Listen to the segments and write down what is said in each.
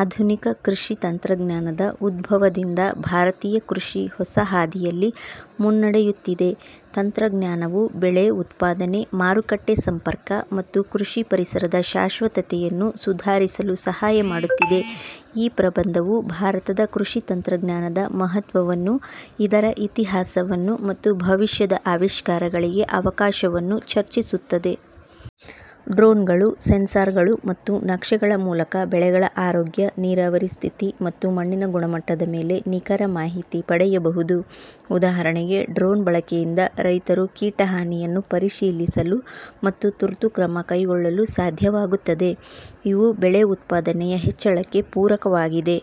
ಆಧುನಿಕ ಕೃಷಿ ತಂತ್ರಜ್ಞಾನದ ಉದ್ಭವದಿಂದ, ಭಾರತೀಯ ಕೃಷಿ ಹೊಸ ಹಾದಿಯಲ್ಲಿ ಮುನ್ನಡೆಯುತ್ತಿದೆ. ತಂತ್ರಜ್ಞಾನವು ಬೆಳೆ ಉತ್ಪಾದನೆ, ಮಾರುಕಟ್ಟೆ ಸಂಪರ್ಕ, ಮತ್ತು ಕೃಷಿ ಪರಿಸರದ ಶಾಶ್ವತತೆಯನ್ನು ಸುಧಾರಿಸಲು ಸಹಾಯ ಮಾಡುತ್ತಿದೆ. ಈ ಪ್ರಬಂಧವು ಭಾರತದ ಕೃಷಿ ತಂತ್ರಜ್ಞಾನದ ಮಹತ್ವವನ್ನು, ಅದರ ಇತಿಹಾಸವನ್ನು, ಮತ್ತು ಭವಿಷ್ಯದ ಆವಿಷ್ಕಾರಗಳಿಗೆ ಅವಕಾಶವನ್ನು ಚರ್ಚಿಸುತ್ತದೆ. ಡ್ರೋನ್ಗಳು, ಸೆನ್ಸಾರ್ಗಳು, ಮತ್ತು ನಕ್ಷೆಗಳ ಮೂಲಕ ಬೆಳೆಗಳ ಆರೋಗ್ಯ, ನೀರಾವರಿ ಸ್ಥಿತಿ, ಮತ್ತು ಮಣ್ಣಿನ ಗುಣಮಟ್ಟದ ಮೇಲೆ ನಿಖರ ಮಾಹಿತಿ ಪಡೆಯಬಹುದು. ಉದಾಹರಣೆಗೆ, ಡ್ರೋನ್ ಬಳಕೆಯಿಂದ ರೈತರು ಕೀಟ ಹಾನಿಯನ್ನು ಪರಿಶೀಲಿಸಲು ಮತ್ತು ತುರ್ತು ಕ್ರಮ ಕೈಗೊಳ್ಳಲು ಸಾಧ್ಯವಾಗುತ್ತದೆ. ಇವು ಬೆಳೆ ಉತ್ಪಾದನೆಯ ಹೆಚ್ಚಳಕ್ಕೆ ಪೂರಕವಾಗಿದೆ.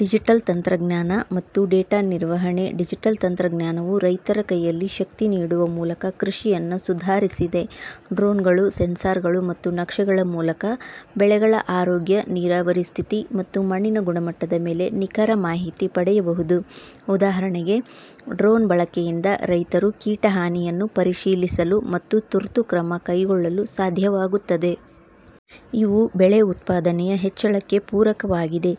ಡಿಜಿಟಲ್ ತಂತ್ರಜ್ಞಾನ ಮತ್ತು ಡೇಟಾ ನಿರ್ವಹಣೆ ಡಿಜಿಟಲ್ ತಂತ್ರಜ್ಞಾನವು ರೈತರ ಕೈಯಲ್ಲಿ ಶಕ್ತಿ ನೀಡುವ ಮೂಲಕ ಕೃಷಿಯನ್ನು ಸುಧಾರಿಸಿದೆ. ಡ್ರೋನ್ಗಳು, ಸೆನ್ಸಾರ್ಗಳು, ಮತ್ತು ನಕ್ಷೆಗಳ ಮೂಲಕ ಬೆಳೆಗಳ ಆರೋಗ್ಯ, ನೀರಾವರಿ ಸ್ಥಿತಿ, ಮತ್ತು ಮಣ್ಣಿನ ಗುಣಮಟ್ಟದ ಮೇಲೆ ನಿಖರ ಮಾಹಿತಿ ಪಡೆಯಬಹುದು. ಉದಾಹರಣೆಗೆ, ಡ್ರೋನ್ ಬಳಕೆಯಿಂದ ರೈತರು ಕೀಟ ಹಾನಿಯನ್ನು ಪರಿಶೀಲಿಸಲು ಮತ್ತು ತುರ್ತು ಕ್ರಮ ಕೈಗೊಳ್ಳಲು ಸಾಧ್ಯವಾಗುತ್ತದೆ. ಇವು ಬೆಳೆ ಉತ್ಪಾದನೆಯ ಹೆಚ್ಚಳಕ್ಕೆ ಪೂರಕವಾಗಿದೆ.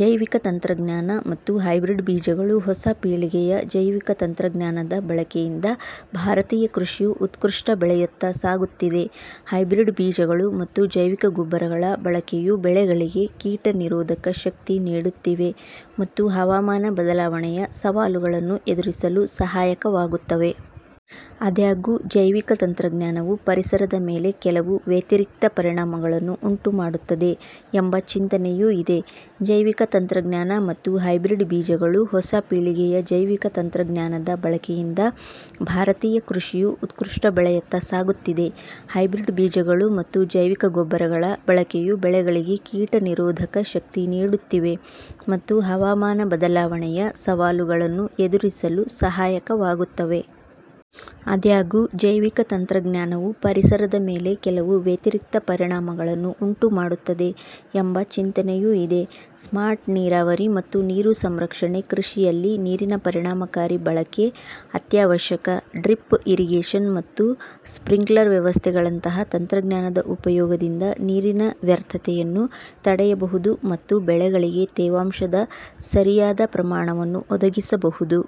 ಜೈವಿಕ ತಂತ್ರಜ್ಞಾನ ಮತ್ತು ಹೈಬ್ರಿಡ್ ಬೀಜಗಳು ಹೊಸ ಪೀಳಿಗೆಯ ಜೈವಿಕ ತಂತ್ರಜ್ಞಾನದ ಬಳಕೆಯಿಂದ, ಭಾರತೀಯ ಕೃಷಿಯು ಉತ್ಕೃಷ್ಟ ಬೆಳೆಯತ್ತ ಸಾಗುತ್ತಿದೆ. ಹೈಬ್ರಿಡ್ ಬೀಜಗಳು ಮತ್ತು ಜೈವಿಕ ಗೊಬ್ಬರಗಳ ಬಳಕೆಯು ಬೆಳೆಗಳಿಗೆ ಕೀಟ ನಿರೋಧಕ ಶಕ್ತಿ ನೀಡುತ್ತಿವೆ, ಮತ್ತು ಹವಾಮಾನ ಬದಲಾವಣೆಯ ಸವಾಲುಗಳನ್ನು ಎದುರಿಸಲು ಸಹಾಯಕವಾಗುತ್ತವೆ. ಆದಾಗ್ಯೂ, ಜೈವಿಕ ತಂತ್ರಜ್ಞಾನವು ಪರಿಸರದ ಮೇಲೆ ಕೆಲವು ವ್ಯತಿರಿಕ್ತ ಪರಿಣಾಮಗಳನ್ನು ಉಂಟುಮಾಡುತ್ತದೆ ಎಂಬ ಚಿಂತನೆಯೂ ಇದೆ. ಜೈವಿಕ ತಂತ್ರಜ್ಞಾನ ಮತ್ತು ಹೈಬ್ರಿಡ್ ಬೀಜಗಳು ಹೊಸ ಪೀಳಿಗೆಯ ಜೈವಿಕ ತಂತ್ರಜ್ಞಾನದ ಬಳಕೆಯಿಂದ, ಭಾರತೀಯ ಕೃಷಿಯು ಉತ್ಕೃಷ್ಟ ಬೆಳೆಯತ್ತ ಸಾಗುತ್ತಿದೆ. ಹೈಬ್ರಿಡ್ ಬೀಜಗಳು ಮತ್ತು ಜೈವಿಕ ಗೊಬ್ಬರಗಳ ಬಳಕೆಯು ಬೆಳೆಗಳಿಗೆ ಕೀಟ ನಿರೋಧಕ ಶಕ್ತಿ ನೀಡುತ್ತಿವೆ, ಮತ್ತು ಹವಾಮಾನ ಬದಲಾವಣೆಯ ಸವಾಲುಗಳನ್ನು ಎದುರಿಸಲು ಸಹಾಯಕವಾಗುತ್ತವೆ. ಆದಾಗ್ಯೂ, ಜೈವಿಕ ತಂತ್ರಜ್ಞಾನವು ಪರಿಸರದ ಮೇಲೆ ಕೆಲವು ವ್ಯತಿರಿಕ್ತ ಪರಿಣಾಮಗಳನ್ನು ಉಂಟುಮಾಡುತ್ತದೆ ಎಂಬ ಚಿಂತನೆಯೂ ಇದೆ. ಸ್ಮಾರ್ಟ್ ನೀರಾವರಿ ಮತ್ತು ನೀರು ಸಂರಕ್ಷಣೆ ಕೃಷಿಯಲ್ಲಿ ನೀರಿನ ಪರಿಣಾಮಕಾರಿ ಬಳಕೆ ಅತ್ಯಾವಶ್ಯಕ. ಡ್ರಿಪ್ ಇರಿಗೇಶನ್ ಮತ್ತು ಸ್ಪ್ರಿಂಕ್ಲರ್ ವ್ಯವಸ್ಥೆಗಳಂತಹ ತಂತ್ರಜ್ಞಾನದ ಉಪಯೋಗದಿಂದ, ನೀರಿನ ವ್ಯರ್ಥತೆಯನ್ನು ತಡೆಯಬಹುದು ಮತ್ತು ಬೆಳೆಗಳಿಗೆ ತೇವಾಂಶದ ಸರಿಯಾದ ಪ್ರಮಾಣವನ್ನು ಒದಗಿಸಬಹುದು.